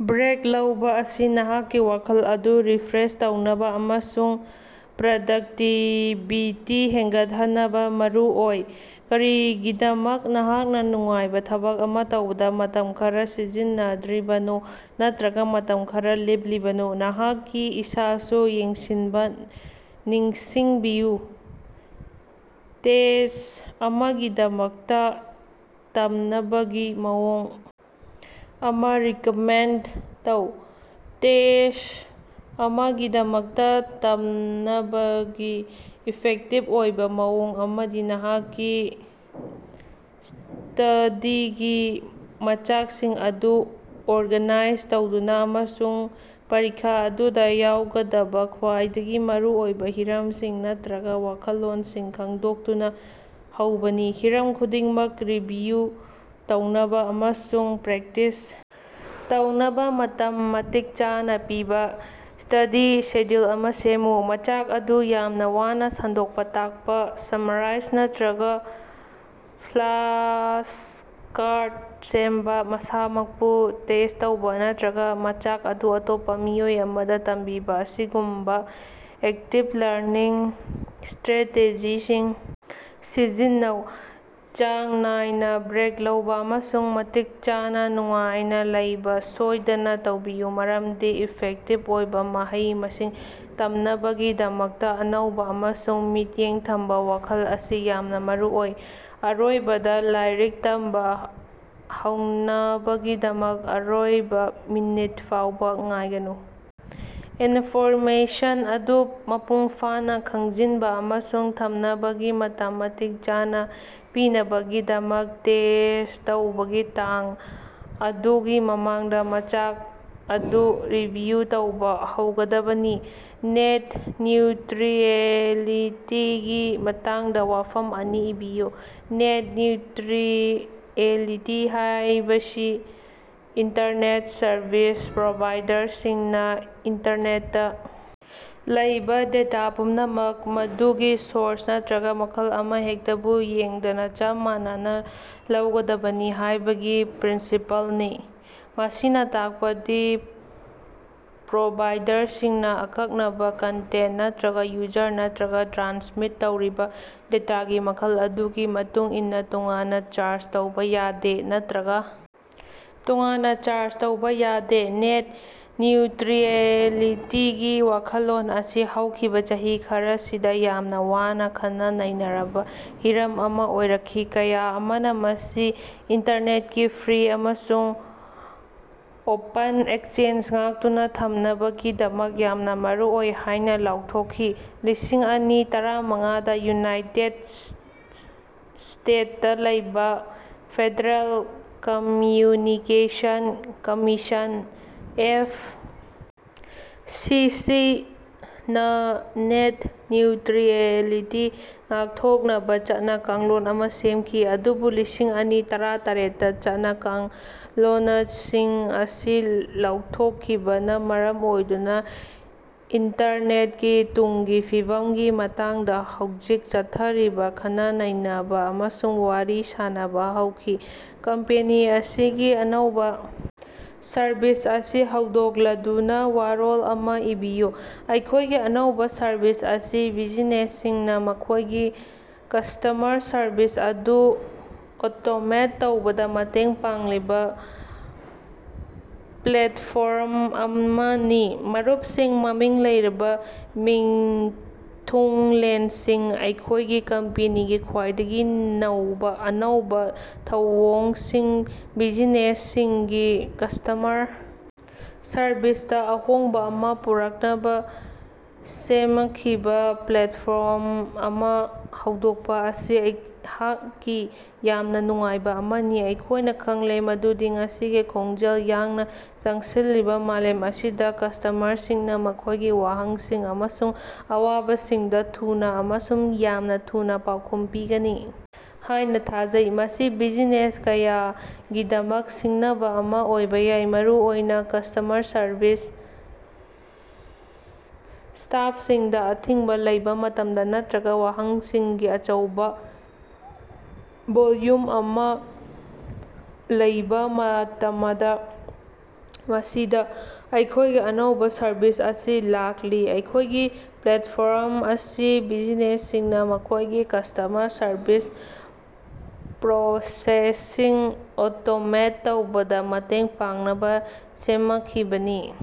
Break ꯂꯧꯕꯥ ꯑꯁꯤ ꯅꯍꯥꯛꯀꯤ ꯋꯥꯈꯜ ꯑꯗꯨ ꯔꯤꯐ꯭ꯔꯦꯁ ꯇꯧꯅꯕꯥ ꯑꯃꯁꯨꯡ ꯄ꯭ꯔꯗꯛꯇꯤꯕꯤꯇꯤ ꯍꯦꯟꯒꯠꯍꯟꯅꯕ ꯃꯔꯨꯑꯣꯏ꯫ ꯀꯔꯤꯒꯤꯗꯃꯛ ꯅꯍꯥꯛꯅ ꯅꯨꯡꯉꯥꯏꯕ ꯊꯕꯛ ꯑꯃ ꯇꯧꯕꯗ ꯃꯇꯝ ꯈꯔ ꯁꯤꯖꯤꯟꯅꯗ꯭ꯔꯤꯕꯅꯣ ꯅꯠꯇꯔꯒ ꯃꯇꯝ ꯈꯔ ꯂꯦꯞꯂꯤꯕꯅꯣ? ꯅꯍꯥꯛꯀꯤ ꯏꯁꯥꯁꯨ ꯌꯦꯡꯁꯤꯟꯕ ꯅꯤꯡꯁꯤꯡꯕꯤꯌꯨ! ꯇꯦꯁ꯭ꯠ ꯑꯃꯒꯤꯗꯃꯛꯇ ꯇꯝꯅꯕꯒꯤ ꯃꯑꯣꯡ ꯑꯃꯥ ꯔꯤꯀꯃꯦꯟꯗ ꯇꯧ꯫ ꯇꯦꯁ꯭ꯠ ꯑꯃꯒꯤꯗꯃꯛꯇ ꯇꯝꯅꯕꯒꯤ ꯏꯐꯦꯛꯇꯤꯚ ꯑꯣꯏꯕ ꯃꯑꯣꯡ ꯑꯃꯗꯤ ꯅꯍꯥꯛꯀꯤ ꯁ꯭ꯇꯗꯤꯒꯤ ꯃꯆꯥꯛꯁꯤꯡ ꯑꯗꯨ ꯑꯣꯔꯒꯥꯅꯥꯏꯖ ꯇꯧꯗꯨꯅ ꯑꯃꯁꯨꯡ ꯄꯔꯤꯈꯥ ꯑꯗꯨꯗ ꯌꯥꯎꯒꯗꯕ ꯈ꯭ꯋꯥꯏꯗꯒꯤ ꯃꯔꯨꯑꯣꯏꯕ ꯍꯤꯔꯝꯁꯤꯡ ꯅꯠꯇꯔꯒ ꯋꯥꯈꯜꯂꯣꯟꯁꯤꯡ ꯈꯪꯗꯣꯛꯇꯨꯅ ꯍꯧꯕꯅꯤ꯫ ꯍꯤꯔꯝ ꯈꯨꯗꯤꯡꯃꯛ ꯔꯤꯚꯤꯌꯨ ꯇꯧꯅꯕ ꯑꯃꯁꯨꯡ ꯄ꯭ꯔꯦꯛꯇꯤꯁ ꯇꯧꯅꯕ ꯃꯇꯝ ꯃꯇꯤꯛ ꯆꯥꯅ ꯄꯤꯕ ꯁ꯭ꯇꯗꯤ ꯁꯦꯗ꯭ꯌꯨꯜ ꯑꯃ ꯁꯦꯝꯃꯨ꯫ ꯃꯆꯥꯛ ꯑꯗꯨ ꯌꯥꯝꯅ ꯋꯥꯅ ꯁꯟꯗꯣꯛꯅ ꯇꯥꯛꯄ, ꯁꯝꯃꯔꯥ꯭ꯏꯖ ꯅꯠꯇꯔꯒ ꯐ꯭ꯂꯥꯁꯀꯥ꯭ꯔꯗ ꯁꯦꯝꯕ, ꯃꯁꯥꯃꯛꯄꯨ ꯇꯦꯁ꯭ꯠ ꯇꯧꯕꯥ, ꯅꯠꯇꯔꯒ ꯃꯆꯥꯛ ꯑꯗꯨ ꯑꯇꯣꯞꯄ ꯃꯤꯑꯣꯏ ꯑꯃꯗ ꯇꯝꯕꯤꯕ ꯑꯁꯤꯒꯨꯝꯕ ꯑꯦꯛꯇꯤꯕ ꯂꯔꯅꯤꯡ ꯁ꯭ꯇꯔꯥꯇꯦꯖꯤꯁꯤꯡ ꯁꯤꯖꯤꯟꯅꯧ꯫ ꯆꯥꯡ ꯅꯥꯏꯅ ꯕ꯭ꯔꯦꯛ ꯂꯧꯕ ꯑꯃꯁꯨꯡ ꯃꯇꯤꯛ ꯆꯥꯅꯥ ꯅꯨꯡꯉꯥꯏꯅ ꯂꯩꯕ ꯁꯣꯏꯗꯅ ꯇꯧꯕꯤꯌꯨ, ꯃꯔꯝꯗꯤ ꯏꯐꯦꯛꯇꯤꯚ ꯑꯣꯏꯕ ꯃꯍꯩ-ꯃꯁꯤꯡ ꯇꯝꯅꯕꯒꯤꯗꯃꯛꯇ ꯑꯅꯧꯕ ꯑꯃꯁꯨꯡ ꯃꯤꯠꯌꯦꯡ ꯊꯝꯕ ꯋꯥꯈꯜ ꯑꯁꯤ ꯌꯥꯝꯅ ꯃꯔꯨꯑꯣꯏ꯫ ꯑꯔꯣꯏꯕꯗ, ꯂꯥꯏꯔꯤꯛ ꯇꯝꯕ ꯍꯧꯅꯕꯒꯤꯗꯃꯛ ꯑꯔꯣꯏꯕ ꯃꯤꯅꯤꯠ ꯐꯥꯎꯕꯥ ꯉꯥꯏꯒꯅꯨ; ꯏꯟꯐꯣꯔꯃꯦꯁꯟ ꯑꯗꯨ ꯃꯄꯨꯡꯐꯥꯅ ꯈꯪꯖꯤꯟꯕ ꯑꯃꯁꯨꯡ ꯊꯝꯅꯕꯒꯤ ꯃꯇꯝ ꯃꯇꯤꯛ ꯆꯥꯅ ꯄꯤꯅꯕꯒꯤꯗꯃꯛ ꯇꯦꯁ꯭ꯠ ꯇꯧꯕꯒꯤ ꯇꯥꯡ ꯑꯗꯨꯒꯤ ꯃꯃꯥꯡꯗ ꯃꯆꯥꯛ ꯑꯗꯨ ꯔꯤꯚꯤꯌꯨ ꯇꯧꯕ ꯍꯧꯒꯗꯕꯅꯤ꯫ ꯅꯦꯠ ꯅ꯭ꯌꯨꯇꯔꯤꯑꯦꯂꯤꯇꯤꯒꯤ ꯃꯇꯥꯡꯗ ꯋꯥꯐꯝ ꯑꯅꯤ ꯏꯕꯤꯌꯨ꯫ ꯅꯦꯠ ꯅ꯭ꯌꯨꯇꯔꯤꯑꯦꯂꯤꯇꯤ ꯍꯥꯏꯕꯁꯤ ꯏꯟꯇꯔꯅꯦꯠ ꯁꯔꯚꯤꯁ ꯄ꯭ꯔꯣꯚꯥꯏꯗꯔꯁꯤꯡꯅ ꯏꯟꯇꯔꯅꯦꯠꯇ ꯂꯩꯕ ꯗꯦꯇ ꯄꯨꯝꯅꯃꯛ, ꯃꯗꯨꯒꯤ ꯁꯣꯔꯁ ꯅꯠꯇꯔꯒ ꯃꯈꯜ ꯑꯃꯍꯦꯛꯇꯕꯨ ꯌꯦꯡꯗꯅ ꯆꯞ ꯃꯥꯟꯅꯅ ꯂꯧꯒꯗꯕꯅꯤ ꯍꯥꯏꯕꯒꯤ ꯄ꯭ꯔꯤꯟꯁꯤꯄꯜꯅꯤ꯫ ꯃꯁꯤꯅ ꯇꯥꯛꯄꯗꯤ ꯄ꯭ꯔꯣꯚꯥꯏꯗꯔꯁꯤꯡꯅ ꯑꯀꯛꯅꯕ ꯀꯟꯇꯦꯟꯠ ꯅꯠꯇꯔꯒꯥ ꯌꯨꯖꯔ ꯅꯠꯇꯔꯒ ꯇ꯭ꯔꯥꯟꯁꯃꯤꯠ ꯇꯧꯔꯤꯕ ꯗꯦꯇꯥꯒꯤ ꯃꯈꯜ ꯑꯗꯨꯒꯤ ꯃꯇꯨꯡꯏꯟꯅ ꯇꯣꯉꯥꯟꯅ ꯆꯥ꯭ꯔꯖ ꯇꯧꯕ ꯌꯥꯗꯦ ꯅꯠꯇꯔꯒ ꯇꯣꯉꯥꯟꯅ ꯆꯥ꯭ꯔꯖ ꯇꯧꯕꯥ ꯌꯥꯗꯦ꯫ ꯅꯦꯠ ꯅ꯭ꯌꯨꯇꯔꯤꯑꯦꯂꯤꯇꯤꯒꯤ ꯋꯥꯈꯜꯂꯣꯟ ꯑꯁꯤ ꯍꯧꯈꯤꯕ ꯆꯍꯤ ꯈꯔꯁꯤꯗ ꯌꯥꯝꯅ ꯋꯥꯅꯥ ꯈꯟꯅ-ꯅꯩꯅꯔꯕ ꯍꯤꯔꯝ ꯑꯃ ꯑꯣꯏꯔꯛꯈꯤ, ꯀꯌꯥ ꯑꯃꯅ ꯃꯁꯤ ꯏꯟꯇꯔꯅꯦꯠꯀꯤ ꯐ꯭ꯔꯤ ꯑꯃꯁꯨꯡ ꯑꯣꯄꯟ ꯑꯦꯛꯁꯦꯁ ꯉꯥꯛꯇꯨꯅ ꯊꯝꯅꯕꯒꯤꯗꯃꯛ ꯌꯥꯝꯅ ꯃꯔꯨꯑꯣꯏ ꯍꯥꯏꯅ ꯂꯥꯎꯊꯣꯛꯈꯤ꯫ ꯂꯤꯁꯤꯡ ꯑꯅꯤ ꯇꯔꯥ ꯃꯉꯥꯗꯥ ꯌꯨꯅꯥꯏꯇꯦꯗ ꯁ꯭ꯇꯦꯠꯁꯇ ꯂꯩꯕꯥ ꯐꯦꯗꯔꯦꯜ ꯀꯝꯃ꯭ꯌꯨꯅꯤꯀꯦꯁꯟ ꯀꯝꯃꯤꯁꯟ (ꯑꯦꯐ. ꯁꯤ. ꯁꯤ.)ꯅꯥ ꯅꯦꯠ ꯅ꯭ꯌꯨꯇꯔꯤꯑꯦꯂꯤꯇꯤ ꯉꯥꯛꯊꯣꯛꯅꯕ ꯆꯠꯅ-ꯀꯥꯡꯂꯣꯟ ꯑꯃ ꯁꯦꯝꯈꯤ, ꯑꯗꯨꯕꯨ ꯂꯤꯁꯤꯡ ꯑꯅꯤ ꯇꯔꯥ ꯇꯔꯦꯠ ꯇ ꯆꯠꯅ-ꯀꯥꯡꯂꯣꯅꯁꯤꯡ ꯑꯁꯤ ꯂꯧꯊꯣꯛꯈꯤꯕꯅ ꯃꯔꯝ ꯑꯣꯏꯗꯨꯅ ꯏꯟꯇꯔꯅꯦꯠꯀꯤ ꯇꯨꯡꯒꯤ ꯐꯤꯕꯝꯒꯤ ꯃꯇꯥꯡꯗ ꯍꯧꯖꯤꯛ ꯆꯠꯊꯔꯤꯕ ꯈꯟꯅ-ꯅꯩꯅꯕ ꯑꯃꯁꯨꯡ ꯋꯥꯔꯤ ꯁꯥꯅꯕ ꯍꯧꯈꯤ꯫ ꯀꯝꯄꯦꯅꯤ ꯑꯁꯤꯒꯤ ꯑꯅꯧꯕ ꯁꯔꯕꯤꯁ ꯑꯁꯤ ꯍꯧꯗꯣꯛꯂꯗꯨꯅ ꯋꯥꯔꯣꯜ ꯑꯃꯥ ꯏꯕꯤꯌꯨ꯫ ꯑꯩꯈꯣꯏꯒꯤ ꯑꯅꯧꯕ ꯁꯔꯕꯤꯁ ꯑꯁꯤ ꯕꯤꯖꯤꯅꯦꯁꯁꯤꯡꯅ ꯃꯈꯣꯏꯒꯤ ꯀꯁ꯭ꯇꯃꯔ ꯁꯔꯕꯤꯁ ꯑꯗꯨ ꯑꯣꯇꯣꯃꯦꯠ ꯇꯧꯕꯗ ꯃꯇꯦꯡ ꯄꯥꯡꯂꯤꯕ ꯄ꯭ꯂꯦꯠꯐ꯭ꯣꯔꯝ ꯑꯃꯅꯤ꯫ ꯃꯔꯨꯞꯁꯤꯡ, ꯃꯃꯤꯡ ꯂꯩꯔꯕ ꯃꯤꯊꯨꯡꯂꯦꯟꯁꯤꯡ, ꯑꯩꯈꯣꯏꯒꯤ ꯀꯝꯄꯦꯅꯤꯒꯤ ꯈ꯭ꯋꯥꯏꯗꯒꯤ ꯅꯧꯕ ꯑꯅꯧꯕ ꯊꯧꯑꯣꯡꯁꯤꯡ- ꯕꯤꯖꯤꯅꯦꯁꯁꯤꯡꯒꯤ ꯀ꯭ꯁꯇꯃꯔ ꯁꯔꯕꯤꯁꯇ ꯑꯍꯣꯡꯕ ꯑꯃ ꯄꯨꯔꯛꯅꯕ ꯁꯦꯃꯈꯤꯕ ꯄ꯭ꯂꯦꯠꯐ꯭ꯣꯔꯝ ꯑꯃ ꯍꯧꯗꯣꯛꯄ ꯑꯁꯤ ꯑꯩꯍꯥꯛꯀꯤ ꯌꯥꯝꯅ ꯅꯨꯡꯉꯥꯏꯕ ꯑꯃꯅꯤ꯫ ꯑꯩꯈꯣꯏꯅꯥ ꯈꯪꯂꯦ ꯃꯗꯨꯗꯤ ꯉꯁꯤꯒꯤ ꯈꯣꯡꯖꯦꯜ ꯌꯥꯡꯅ ꯆꯪꯁꯤꯜꯂꯤꯕ ꯃꯥꯂꯦꯝ ꯑꯁꯤꯗ ꯀ꯭ꯁꯇꯃꯔꯁꯤꯡꯅ ꯃꯈꯣꯏꯒꯤ ꯋꯥꯍꯪꯁꯤꯡ ꯑꯃꯁꯨꯡ ꯑꯋꯥꯕꯁꯤꯡꯗ ꯊꯨꯅꯥ ꯑꯃꯁꯨꯡ ꯌꯥꯝꯅ ꯊꯨꯅ ꯄꯥꯎꯈꯨꯝ ꯄꯤꯒꯅꯤ ꯍꯥꯏꯅ ꯊꯥꯖꯩ꯫ ꯃꯁꯤ ꯕꯤꯖꯤꯅꯦꯁ ꯀꯌꯥꯒꯤꯗꯃꯛ ꯁꯤꯡꯅꯕ ꯑꯃ ꯑꯣꯏꯕ ꯌꯥꯏ, ꯃꯔꯨꯑꯣꯏꯅ ꯀ꯭ꯁꯇꯃꯔ ꯁꯔꯕꯤꯁ ꯁ꯭ꯇꯥꯐꯁꯤꯡꯗ ꯑꯊꯤꯡꯕ ꯂꯩꯕ ꯃꯇꯝꯗ ꯅꯠꯇꯔꯒ ꯋꯥꯍꯪꯁꯤꯡꯒꯤ ꯑꯆꯧꯕꯕꯚꯣꯜꯌꯨꯝ ꯑꯃ ꯂꯩꯕ ꯃꯇꯃꯗ꯫ ꯃꯁꯤꯗꯥ ꯑꯩꯈꯣꯏꯒꯤ ꯑꯅꯧꯕ ꯁꯔꯕꯤꯁ ꯑꯁꯤ ꯂꯥꯛꯂꯤ, ꯑꯩꯈꯣꯏꯒꯤ ꯄ꯭ꯂꯦꯠꯐ꯭ꯣꯔꯝ ꯑꯁꯤ ꯕꯤꯖꯤꯅꯦꯁꯁꯤꯡꯅ ꯃꯈꯣꯏꯒꯤ ꯀ꯭ꯁꯇꯃꯔ ꯁꯔꯕꯤꯁ ꯄ꯭ꯔꯣꯁꯦꯁꯁꯤꯡ ꯑꯣꯇꯣꯃꯦꯠ ꯇꯧꯕꯗ ꯃꯇꯦꯡ ꯄꯥꯡꯅꯕ ꯁꯦꯃꯈꯤꯕꯅꯤ꯫